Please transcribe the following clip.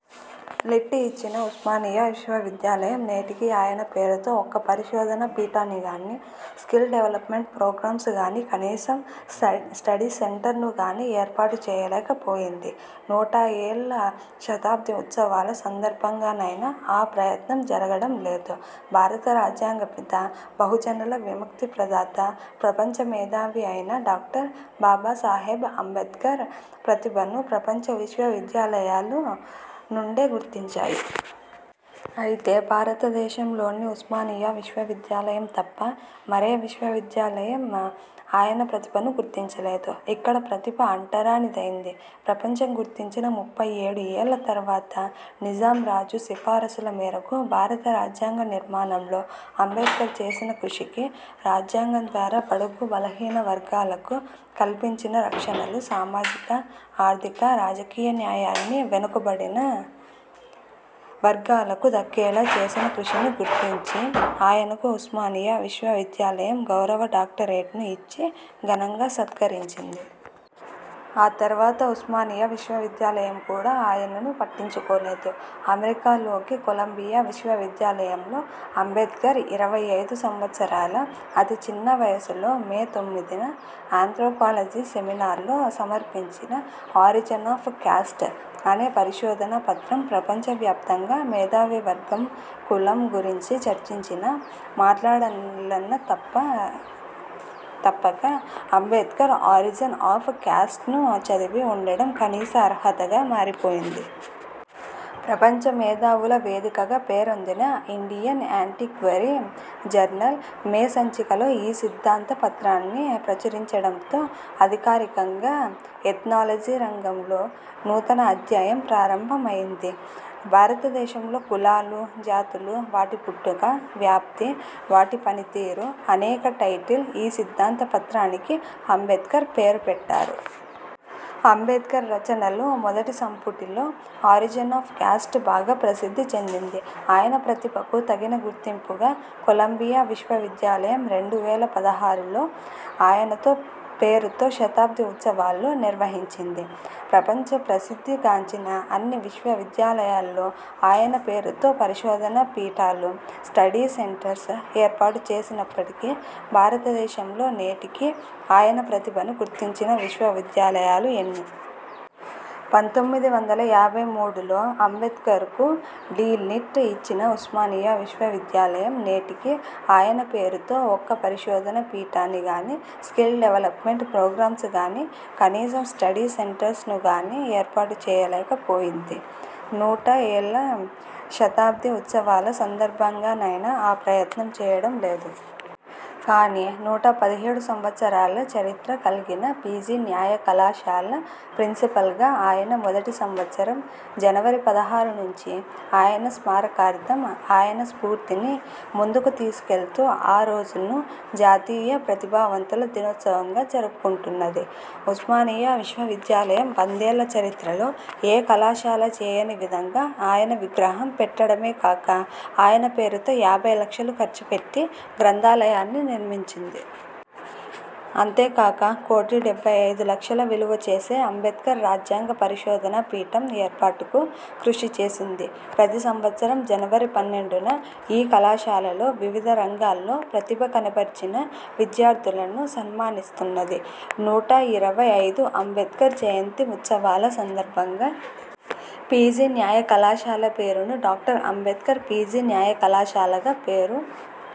Lit ఇచ్చిన ఉస్మానియా విశ్వ విద్యాలయం నేటికీ ఆయన పేరుతో ఒక్క పరిశోధన పీఠాన్ని గానీ, స్కిల్ డెవలప్మెంట్ ప్రోగ్రామ్స్ గానీ కనీసం స్ట స్టడీ సెంటర్స్ను గానీ ఏర్పాటు చేయలేక పోయింది. నూట ఏళ్ళ శతాబ్ధి ఉత్సవాల సందర్భంగానైనా ఆ ప్రయత్నం జరగడం లేదు. భారత రాజ్యాంగ పిత, బహుజనుల విముక్తి ప్రదాత ప్రపంచ మేధావి అయిన డాక్టర్ బాబాసాహెబ్ అంబేద్కర్ ప్రతిభను ప్రపంచ విశ్వ విద్యాలయాలు నుండే గుర్తించాయి. అయితే భారత దేశంలోని ఉస్మానియా విశ్వవిద్యాలయం తప్ప మరే విశ్వ విద్యాలయం ఆయన ప్రతిభను గుర్తించలేదు. ఇక్కడ ప్రతిభ అంటరాని దైంది. ప్రపంచం గుర్తించిన ముప్పై ఏడు ఏళ్ళ తర్వాత నిజాం రాజు సిఫారసుల మేరకు భారత రాజ్యాంగ నిర్మాణంలో అంబేద్కర్ చేసిన కృషికి, రాజ్యాంగం ద్వారా బడుగు బలహీన వర్గాలకు కల్పించిన రక్షణలు సామాజిక, ఆర్థిక, రాజకీయ న్యాయాన్ని వెనుకబడిన వర్గాలకు దక్కేలా చేసిన కృషిని గుర్తించి ఆయనకు ఉస్మానియా విశ్వ విద్యాలయం గౌరవ డాక్టరేట్ను ఇచ్చి ఘనంగా సత్కరించింది. ఆ తర్వాత ఉస్మానియా విశ్వ విద్యాలయం కూడా ఆయనను పట్టించుకోలేదు. అమెరికాలోకి కొలంబియా విశ్వ విద్యాలయంలో అంబేడ్కర్ ఇరవై ఐదు సంవత్సరాల అతి చిన్న వయసులో మే తొమ్మిదిన ఆంత్రోపాలజీ సెమినార్లో సమర్పించిన 'ఆరిజన్ ఆఫ్ క్యాస్ట్' అనే పరిశోధన పత్రం ప్రపంచ వ్యాప్తంగా మేధావి వర్గం కులం గురించి చర్చించినా మాట్లాడాలన్నా తప్ప తప్పక అంబేడ్కర్ ఆరిజిన్ ఆఫ్ కాస్ట్ను చదివి ఉండడం కనీస అర్హతగా మారిపోయింది. ప్రపంచ మేధావుల వేదికగా పేరొందిన 'ఇండియన్ యాంటిక్వరీ జర్నల్' మే సంచికలో ఈ సిద్ధాంత పత్రాన్ని ప్రచురించడంతో అధికారికంగా ''ఎథ్నాలజీ'' రంగంలో నూతన అధ్యాయం ప్రారంభం అయింది. భారతదేశంలో కులాలు, జాతులు, వాటి పుట్టుక, వ్యాప్తి, వాటి పనితీరు, అనే టైటిల్ ఈ సిద్ధాంత పత్రానికి అంబేడ్కర్ పేరు పెట్టారు. అంబేద్కర్ రచనలు మొదటి సంపుటిలో 'ఆరిజిన్ ఆఫ్ కాస్ట్' బాగా ప్రసిద్ధి చెందింది. ఆయన ప్రతిభకు తగిన గుర్తింపుగా కొలంబియా విశ్వ విద్యాలయం రెండు వేల పదహారులో ఆయన పేరుతో శతాబ్ధి ఉత్సవాలు నిర్వహించింది. ప్రపంచ ప్రసిద్ధి గాంచిన అన్ని విశ్వ విద్యాలయాల్లో ఆయన పేరుతో పరిశోధన పీఠాలు, స్టడీ సెంటర్స్ ఏర్పాటు చేసినప్పటికీ భారతదేశంలో నేటికి ఆయన ప్రతిభను గుర్తించిన విశ్వవిద్యాలయాలు ఎన్ని? పంతొమ్మిది వందల యాభై మూడులో అంబేడ్కర్కు డి. లిట్ ఇచ్చిన ఉస్మానియా విశ్వ విద్యాలయం నేటికి ఆయన పేరుతో ఒక్క పరిశోధన పీఠాన్ని గానీ, స్కిల్ డెవలప్మెంట్ ప్రోగ్రామ్స్ గానీ కనీసం స్టడీ సెంటర్స్ను గానీ ఏర్పాటు చేయలేక పోయింది. నూట ఏళ్ళ శతాబ్ధి ఉత్సవాల సందర్భంగానైనా ఆ ప్రయత్నం చేయడం లేదు. కానీ నూట పదిహేడు సంవత్సరాల చరిత్ర కల్గిన పీజీ న్యాయ కళాశాల ప్రిన్సిపల్గా అయిన మొదటి సంవత్సరం జనవరి పదహారు నుంచి ఆయన స్మారకార్థం, ఆయన స్ఫూర్తిని ముందుకు తీసుకెళ్తూ ఆ రోజును జాతీయ ప్రతిభావంతుల దినోత్సవంగా జరుపుకుంటున్నది. ఉస్మానియా విశ్వ విద్యాలయం వందేళ్ళ చరిత్రలో ఏ కళాశాల చేయని విధంగా ఆయన విగ్రహం పెట్టడమే కాక, ఆయన పేరుతో యాభై లక్షలు ఖర్చు పెట్టి గ్రంథాలయాన్ని నిర్మించింది. అంతేకాక, కోటి డెబ్బై అయిదు లక్షల విలువ చేసే అంబేడ్కర్ రాజ్యాంగ పరిశోధన పీఠం ఏర్పాటుకు కృషి చేసింది. ప్రతి సంవత్సరం జనవరి పన్నెండున, ఈ కళాశాలలో వివిధ రంగాల్లో ప్రతిభ కనపర్చిన విద్యార్థులను సన్మానిస్తున్నది. నూట ఇరవై ఐదు అంబేడ్కర్ జయంతి ఉత్సవాల సందర్భంగా పీజీ న్యాయ కళాశాల పేరును డాక్టర్ అంబేడ్కర్ పీజీ న్యాయ కళాశాలగా పేరు